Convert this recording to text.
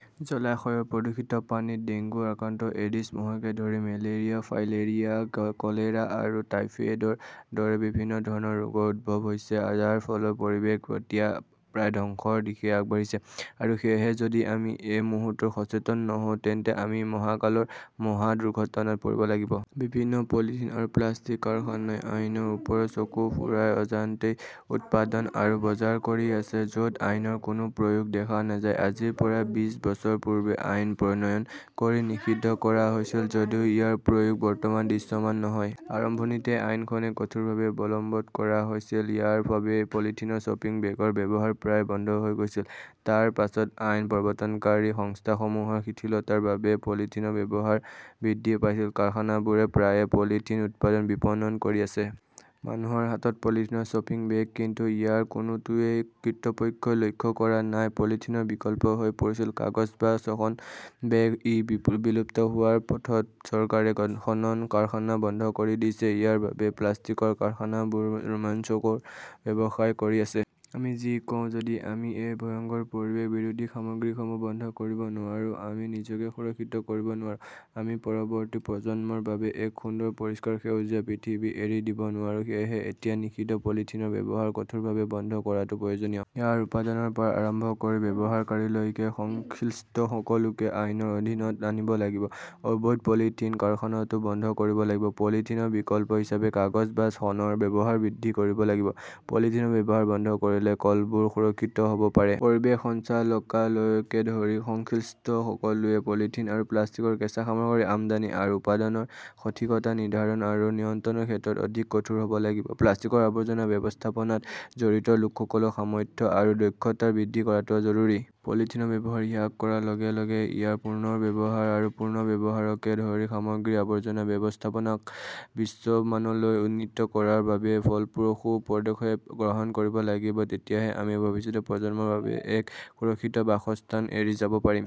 জলাশয়ৰ প্ৰদূষিত পানীত ডেংগু আক্ৰান্ত এডিছ মহকে ধৰি মেলেৰিয়া, ফাইলেৰিয়া, কলেৰা আৰু টাইফয়েডৰ দৰে বিভিন্ন ধৰণৰ ৰোগৰ উদ্ভৱ হৈছে। যাৰ ফলত পৰিৱেশ এতিয়া প্ৰায় ধ্বংসৰ দিশে আগবাঢ়িছে। আৰু সেয়েহে যদি আমি এই মুহূৰ্তত সচেতন নহওঁ, তেন্তে আমি মহাকালৰ মহা দুৰ্ঘটনাত পৰিব লাগিব। বিভিন্ন পলিথিন আৰু প্লাষ্টিক কাৰখানাই আইনৰ ওপৰত চকু ফুৰাই অজান্তেই উৎপাদন আৰু বজাৰ কৰি আছে। য'ত আইনৰ কোনো প্ৰয়োগ দেখা নাযায়। আজিৰ পৰা বিশ বছৰ পূৰ্বে আইন প্ৰণয়ন কৰি নিষিদ্ধ কৰা হৈছিল যদিও ইয়াৰ প্ৰয়োগ বৰ্তমান দৃশ্যমান নহয়। আৰম্ভণিতে আইনখন কঠোৰভাৱে বলৱৎ কৰা হৈছিল। ইয়াৰ বাবেই পলিথিনৰ শ্বপিং বেগৰ ব্যৱহাৰ প্ৰায় বন্ধ হৈ গৈছিল। তাৰ পাছত আইন প্ৰৱৰ্তনকাৰী সংস্থাসমূহৰ শিথিলতাৰ বাবে পলিথিনৰ ব্যৱহাৰ বৃদ্ধি পাইছিল। কাৰখানাবোৰে প্ৰায়ে পলিথিন উৎপাদন, বিপণন কৰি আছে। মানুহৰ হাতত পলিথিনৰ শ্বপিং বেগ। কিন্তু ইয়াৰ কোনোটোৱেই কৰ্তৃপক্ষই লক্ষ্য কৰা নাই। পলিথিনৰ বিকল্প হৈ পৰিছিল কাগজ বা শণৰ বেগ, ই বিলুপ্ত হোৱাৰ পথত। চৰকাৰে শণৰ কাৰখানা বন্ধ কৰি দিছে। ইয়াৰ বাবেই প্লাষ্টিকৰ কাৰখানাবোৰে ৰোমাঞ্চকৰ ব্যৱসায় কৰি আছে। আমি যি কওঁ, যদি আমি এই ভয়ংকৰ পৰিৱেশ বিৰোধী সামগ্ৰীসমূহ বন্ধ কৰিব নোৱাৰোঁ, আমি নিজকে সুৰক্ষিত কৰিব নোৱাৰোঁ, আমি পৰৱৰ্তী প্ৰজন্মৰ বাবে এক সুন্দৰ পৰিষ্কাৰ সেউজীয়া পৃথিৱী এৰি দিব নোৱাৰোঁ। সেয়েহে এতিয়া নিষিদ্ধ পলিথিনৰ ব্যৱহাৰ কঠোৰভাৱে বন্ধ কৰাটো প্ৰয়োজনীয়। ইয়াৰ উপাদানৰ পৰা আৰম্ভ কৰি ব্যৱহাৰকাৰীলৈকে সংশ্লিষ্ট সকলোকে আইনৰ অধীনত আনিব লাগিব। অবৈধ পলিথিন কাৰখানাটো বন্ধ কৰিব লাগিব। পলিথিনৰ বিকল্প হিচাপে কাগজ বা শণৰ ব্যৱহাৰ বৃদ্ধি কৰিব লাগিব। পলিথিনৰ ব্যৱহাৰ বন্ধ কৰিলে কলবোৰ সুৰক্ষিত হ'ব পাৰে। পৰিৱেশ সঞ্চালকালয়কে ধৰি সংশ্লিষ্ট সকলোৱে পলিথিন আৰু প্লাষ্টিকৰ কেঁচা সামগ্ৰী আমদানি আৰু উপাদানৰ সঠিকতা নিৰ্ধাৰণ আৰু নিয়ন্ত্ৰণৰ ক্ষেত্ৰত অধিক কঠোৰ হ'ব লাগিব। প্লাষ্টিকৰ আৱৰ্জনা ব্যৱস্থাপনাত জড়িত লোকসকলৰ সামৰ্থ্য আৰু দক্ষতা বৃদ্ধি কৰাটো জৰুৰী। পলিথিনৰ ব্যৱহাৰ হিৰাস কৰাৰ লগে লগে ইয়াৰ পুনৰ্ব্যৱহাৰ আৰু পুনৰ্ব্যৱহাৰকে ধৰি সামগ্ৰিক আৱৰ্জনা ব্যৱস্থাপনাক বিশ্বমানলৈ উন্নীত কৰাৰ বাবে ফলপ্ৰসূ পদক্ষেপ গ্ৰহণ কৰিব লাগিব। তেতিয়াহে আমি ভৱিষ্যতৰ প্ৰজন্মৰ বাবে এক সুৰক্ষিত বাসস্থান এৰি যাব পাৰিম।